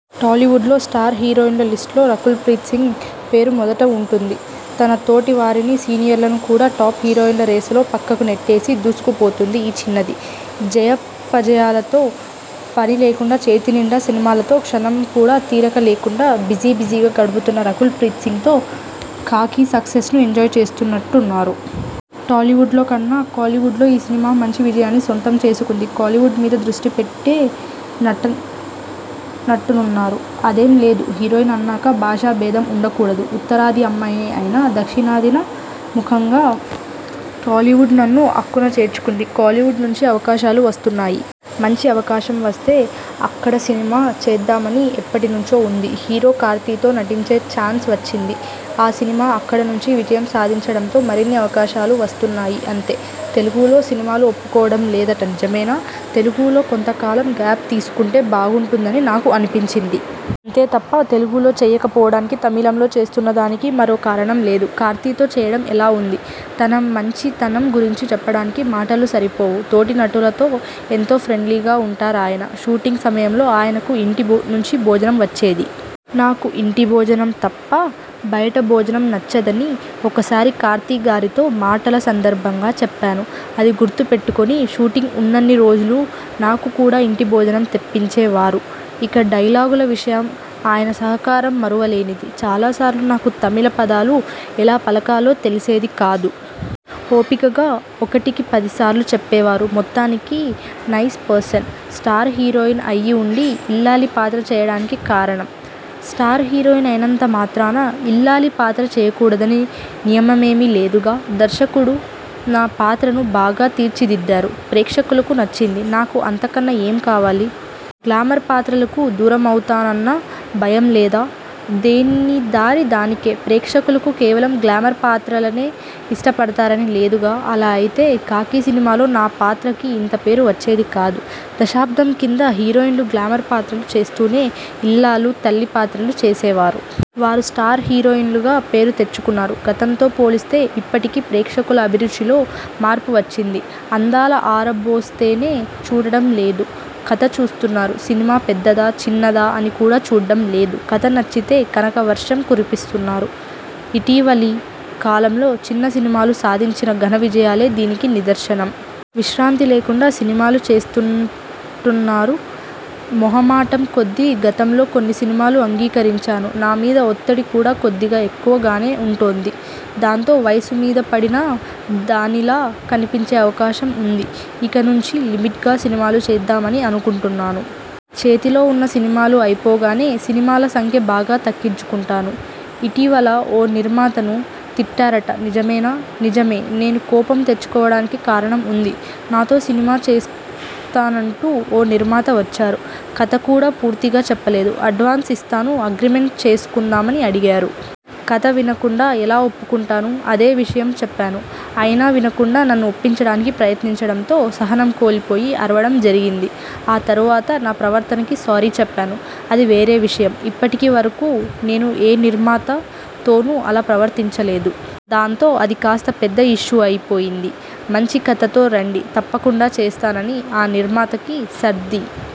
టాలీవుడ్లో స్టార్ హీరోయిన్ల లిస్టులో రకూల్ ప్రీత్ సింగ్ పేరు మొట్ట మొదట ఉంటుంది. తన తోటి వారినీ, సీనియర్లను కూడా టాప్ హీరోయిన్ల రేసులో పక్కకు నెట్టేసి దూసుకు పోతోంది ఈ చిన్నది. జయాపజయాలతో పని లేకుండా చేతి నిండా సినిమాలతో క్షణం కూడా తీరిక లేకుండా బిజీ బిజీగా గడుపుతన్న రకూల్ ప్రీత్ సింగ్తో'ఖాకీ' సక్సెస్ను ఎంజాయ్ చేస్తున్నట్టున్నారు? టాలీవుడ్లో కన్నా కోలీవుడ్లో ఈ సినిమా మంచి విజయాన్ని సొంతం చేసుకుంది. కోలీవుడ్ మీద దృష్టి పెట్టి నటుంనట్టున్నారు? అదేం లేదు. హీరోయిన్ అన్నాక భాషా బేధం ఉండ కూడదు. ఉత్తరాది అమ్మాయినే అయినా దక్షిణాదిన ముఖంగా టాలీవుడ్ నన్ను అక్కున చేర్చుకుంది. కోలీవుడ్ నుంచి అవకాశాలు వస్తున్నాయి. మంచి అవకాశం వస్తే అక్కడ సినిమా చేద్దామని ఎప్పటి నుంచో ఉంది. హీరో కార్తీతో నటించే చాన్స్ వచ్చింది. ఆ సినిమా అక్కడ మంచి విజయం సాధించడంతో మరిన్ని అవకాశాలు వస్తున్నాయి అంతే! తెలుగులో సినిమాలు ఒప్పుకోవడం లేదట నిజమేనా? తెలుగులో కొంత కాలం గ్యాప్ తీసుకుంటే బాగుంటుందని నాకు అనిపించింది. అంతే తప్ప తెలుగులో చేయక పోవడానికీ, తమిళంలో చేస్తున్న దానికీ మరో కారణం లేదు. కార్తీతో చేయడం ఎలా ఉంది? తన మంచి తనం గురించి చెప్పడానికి మాటలు సరిపోవు. తోటి నటులతో ఎంతో ఫ్రెండ్లీగా ఉంటారాయన. షూటింగ్ సమయంలో ఆయనకు ఇంటి భో నుంచి భోజనం వచ్చేది. నాకు ఇంటి భోజనం తప్ప బయటి భోజనం నచ్చదని ఒకసారి కార్తీ గారితో మాటల సందర్భంగా చెప్పాను. అది గుర్తు పెట్టుకుని షూటింగ్ ఉన్నన్ని రోజులూ నాకు కూడా ఇంటి భోజనం తెప్పించే వారు. ఇక డైలాగుల విషయంలో ఆయన సహకారం మరువ లేనిది. చాలా సార్లు నాకు తమిళ పదాలు ఎలా పలకాలో తెలిసేది కాదు. ఓపికగా ఒకటికి పదిసార్లు చెప్పేవారు. మొత్తానికి నైస్ పర్సన్. స్టార్ హీరోయిన్ అయి ఉండి ఇల్లాలి పాత్ర చేయడానికి కారణం? స్టార్ హీరోయిన్ అయినంత మాత్రాన ఇల్లాలి పాత్ర చేయకూడదని నియమేమీ లేదుగా. దర్శకుడు నా పాత్రను బాగా తీర్చి దిద్దారు. ప్రేక్షకులకు నచ్చింది. నాకు అంత కన్నా ఏం కావాలి? గ్లామర్ పాత్రలకు దూరం అవుతానన్న భయం లేదా? దేని దారి దానిదే! ప్రేక్షకులు కేవలం గ్లామర్ పాత్రలనే ఇష్ట పడతారని లేదుగా! అలా అయితే 'ఖాకీ' సినిమాలో నా పాత్రకి ఇంత పేరు వచ్చేది కాదు. దశాబ్దం కింద హీరోయిన్లు గ్లామర్ పాత్రలు చేస్తూనే ఇల్లాలు, తల్లి పాత్రలు చేసేవారు. వారూ స్టార్ హీరోయిన్లుగా పేరు తెచ్చుకున్నారు. గతంతో పోలిస్తే ఇప్పటి ప్రేక్షకుల అభిరుచిలో మార్పు వచ్చింది. అందాలు ఆరబోస్తేనే చూడడం లేదు. కథ చూస్తున్నారు. సినిమా పెద్దదా? చిన్నదా? అని కూడా చూడడం లేదు. కథ నచ్చితే కనక వర్షం కురిపిస్తున్నారు. ఇటీవలి కాలంలో చిన్న సినిమాలు సాధించిన ఘన విజయాలే దీనికి నిదర్శనం. విశ్రాంతి లేకుండా సినిమాలు చేస్తుటుంన్నారు? మొహ మాటం కొద్దీ గతంలో కొన్ని సినిమాలు అంగీకరించాను. నా మీద ఒత్తిడి కూడా కొద్దిగా ఎక్కువ గానే ఉంటోంది. దాంతో వయస్సు మీద పడిన దానిలా కనిపించే అవకాశం ఉంది. ఇక నుంచి లిమిట్గా సినిమాలు చేద్దామని అనుకుంటున్నాను. చేతిలో ఉన్న సినిమాలు అయిపోగానే సినిమాల సంఖ్య బాగా తగ్గించుకుంటాను. ఇటీవల ఓ నిర్మాతను తిట్టారట నిజమేనా? నిజమే! నేను కోపం తెచ్చుకోవడానికి కారణం ఉంది. నాతో సినిమా చేస్తానంటూ ఓ నిర్మాత వచ్చారు. కథ కూడా పూర్తిగా చెప్పలేదు. అడ్వాన్స్ ఇస్తాను అగ్రిమెంట్ చేసుకుందామని అడిగారు. కథ వినకుండా ఎలా ఒప్పుకుంటాను. అదే విషయం చెప్పాను. అయినా వినకుండా నన్ను ఒప్పించడానికి ప్రయత్నించడంతో సహనం కోల్పొయి అరవడం జరిగింది. ఆ తరువాత నా ప్రవర్తనకి సారీ చెప్పాను. అది వేరే విషయం. ఇప్పటి వరకూ నేను ఏ నిర్మాత తోనూ అలా ప్రవర్తించలేదు. దాంతో అది కాస్త పెద్ద ఇష్యూ అయి పోయింది. మంచి కథతో రండి తప్పకుండా చేస్తాననిన ఆ నిర్మాతకి సర్ది